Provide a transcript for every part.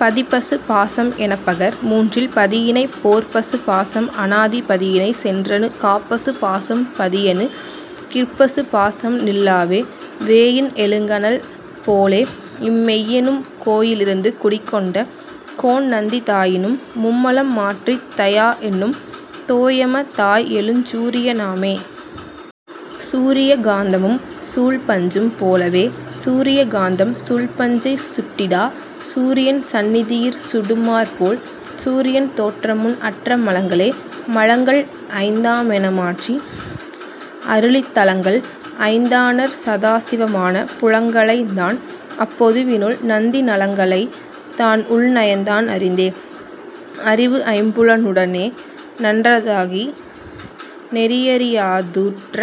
பதிபசு பாசம் எனப்பகர் மூன்றில் பதியினைப் போற்பசு பாசம் அனாதி பதியினைச் சென்றணு காப்பசு பாசம் பதியணு கிற்பசு பாசம் நில் லாவே. வேயின் எழுங்கனல் போலேஇம் மெய்யெனும் கோயி லிருந்து குடிகொண்ட கோன்நந்தி தாயினும் மும்மலம் மாற்றித் தயாஎன்னும் தோயம தாய் எழுஞ் சூரிய னாமே. சூரிய காந்தமும் சூழ்பஞ்சும் போலவே சூரிய காந்தம் சூழ்பஞ்சைச் சுட்டிடா சூரியன் சந்நிதி யிற்சுடு மாறுபோல் சூரியன் தோற்றமுன் அற்ற மலங்களே. மலங்கள்ஐந் தாமென மாற்றி அருளித் தலங்கள்ஐந் தானற் சதாசிவ மான புலங்களைந் தான்அப் பொதுவினுள் நந்தி நலங்களைந் தான்உள் நயந்தான் அறிந்தே. அறிவுஐம் புலனுட னேநான் றதாகி நெறியறி யாதுற்ற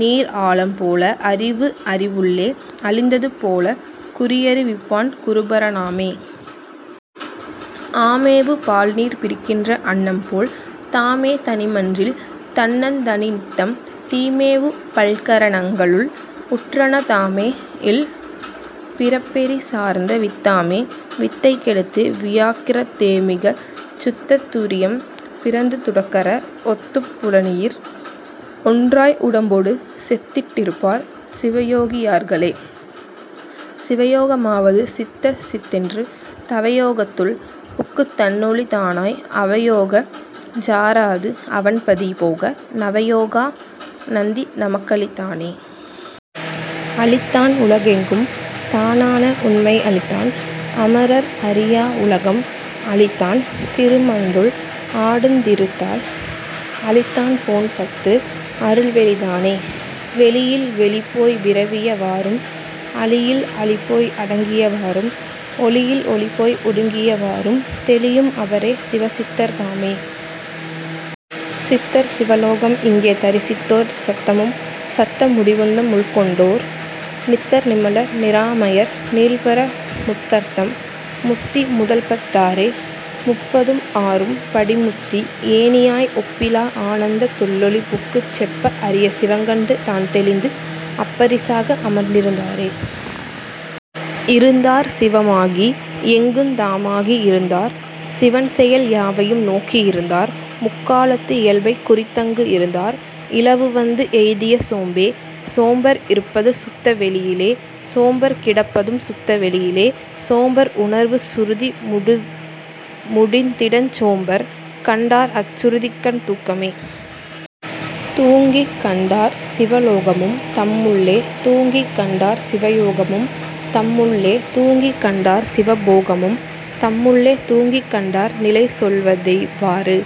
நீர்ஆழம் போல அறிவுஅறி வுள்ளே அழிந்தது போலக் குறியறி விப்பான் குருபர னாமே. ஆமேவு பால்நீர் பிரிக்கின்ற அன்னம்போல் தாமே தனிமன்றில் தன்னந் தனிநித்தம் தீமேவு பல்கர ணங்களுள் உற்றன தாமேழ் பிறப்பெரி சார்ந்தவித் தாமே. வித்தைக் கெடுத்து வியாக்கிரத் தேமிகச் சுத்தத் துரியம் பிறந்து துடக்கற ஒத்துப் புலனுயிர் ஒன்றாய் உடம்பொடு செத்திட் டிருப்பார் சிவயோகி யார்களே. சிவயோக மாவது சித்தசித் தென்று தவயோகத் துள்புக்குத் தன்னொளி தானாய் அவயோகஞ் சாராது அவன்பதி போக நவயோக நந்தி நமக்களித் தானே. அளித்தான் உலகெங்கும் தானான உண்மை அளித்தான் அமரர் அறியா உலகம் அளித்தான் திருமன்றுள் ஆடுந் திருத்தாள் அளித்தான் போன்பத்து அருள்வெளி தானே. வெளியில் வெளிபோய் விரவிய வாறும் அளியில் அளிபோய் அடங்கிய வாறும் ஒளியில் ஒளிபோய் ஒடுங்கிய வாறும் தெளியும் அவரே சிவ சித்தர் தாமே. சித்தர் சிவலோகம் இங்கே தரிசித்தோர் சத்தமும் சத்த முடிவுந்தம் முள்கொண்டோ ர் நித்தர் நிமலர் நிராமயர் நீள்பர முத்தர்தம் முத்தி முதல்முப்பத் தாறே. முப்பதும் ஆறும் படிமுத்தி ஏணியாய் ஒப்பிலா ஆனந்தத் துள்ளொளி புக்குச் செப்ப அரிய சிவங்கண்டு தான்தெளிந்து அப்பரி சாக அமர்ந்திருந் தாரே. இருந்தார் சிவமாகி எங்குந் தாமாகி இருந்தார் சிவன்செயல் யாவையும் நோக்கி இருந்தார் முக்காலத்து இயல்பைக் குறித்தங்கு இருந்தார் இழவுவந்து எய்திய சோம்பே. சோம்பர் இருப்பது சுத்த வெளியிலே சோம்பர் கிடப்பதும் சுத்த வெளியிலே சோம்பர் உணர்வு சுருதி முடிந்திடஞ் சோம்பர் கண் டார்அச் சுருதிக்கண் தூக்கமே. தூங்கிக்கண் டார்சிவ லோகமும் தம்முள்ளே தூங்கிக்கண் டார்சிவ யோகமும் தம்முள்ளே தூங்கிக்கண் டார்சிவ போகமும் தம்முள்ளே தூங்கிக்கண் டார்நிலை சொல்வதெவ் வாறே.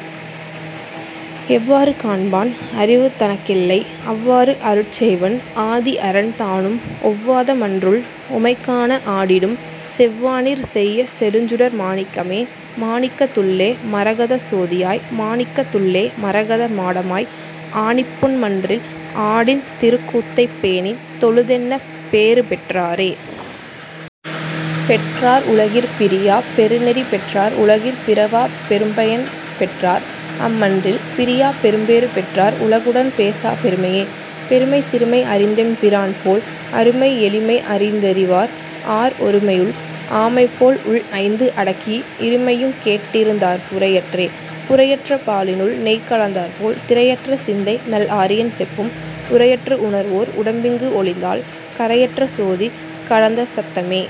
எவ்வாறு காண்பான் அறிவு தனக்கெல்லை அவ்வாறு அருட்செய்வன் ஆதிஅரன் தானும் ஒவ்வாத மன்றுள் உமைகாண ஆடிடும் செவ்வானிற் செய்ய செழுஞ்சுடர் மாணிக்கமே. மாணிக்கத் துள்ளே மரகதச் சோதியாய் மாணிக்கத் துள்ளே மரகத மாடமாய் ஆணிப்பொன் மன்றில் ஆடுந் திருக்கூத்தைப் பேணித் தொழுதென்ன பேறுபெற் றாரே. பெற்றார் உலகிற் பிரியாப் பெருநெறி பெற்றார் உலகிற் பிறவாப் பெரும்பயன் பெற்றார் அம்மன்றில் பிரியாப் பெரும்பேறு பெற்றார் உலகுடன் பேசாப் பெருமையே. பெருமை சிறுமை அறிந்தெம் பிரான்போல் அருமை எளிமை அறிந்தறி வார்ஆர் ஒருமையுள் ஆமைபோல் உள்ஐந்து அடக்கி இருமையுங் கேட்டிருந் தார்புரை அற்றே. புரைஅற்ற பாலினுள் நெய்கலந் தாற்போல் திரைஅற்ற சிந்தைநல் ஆரியன் செப்பும் உரையற்று உணர்வோர் உடம்பிங்கு ஒழிந்தால் கரையற்ற சோதி கலந்தசத் தாமே.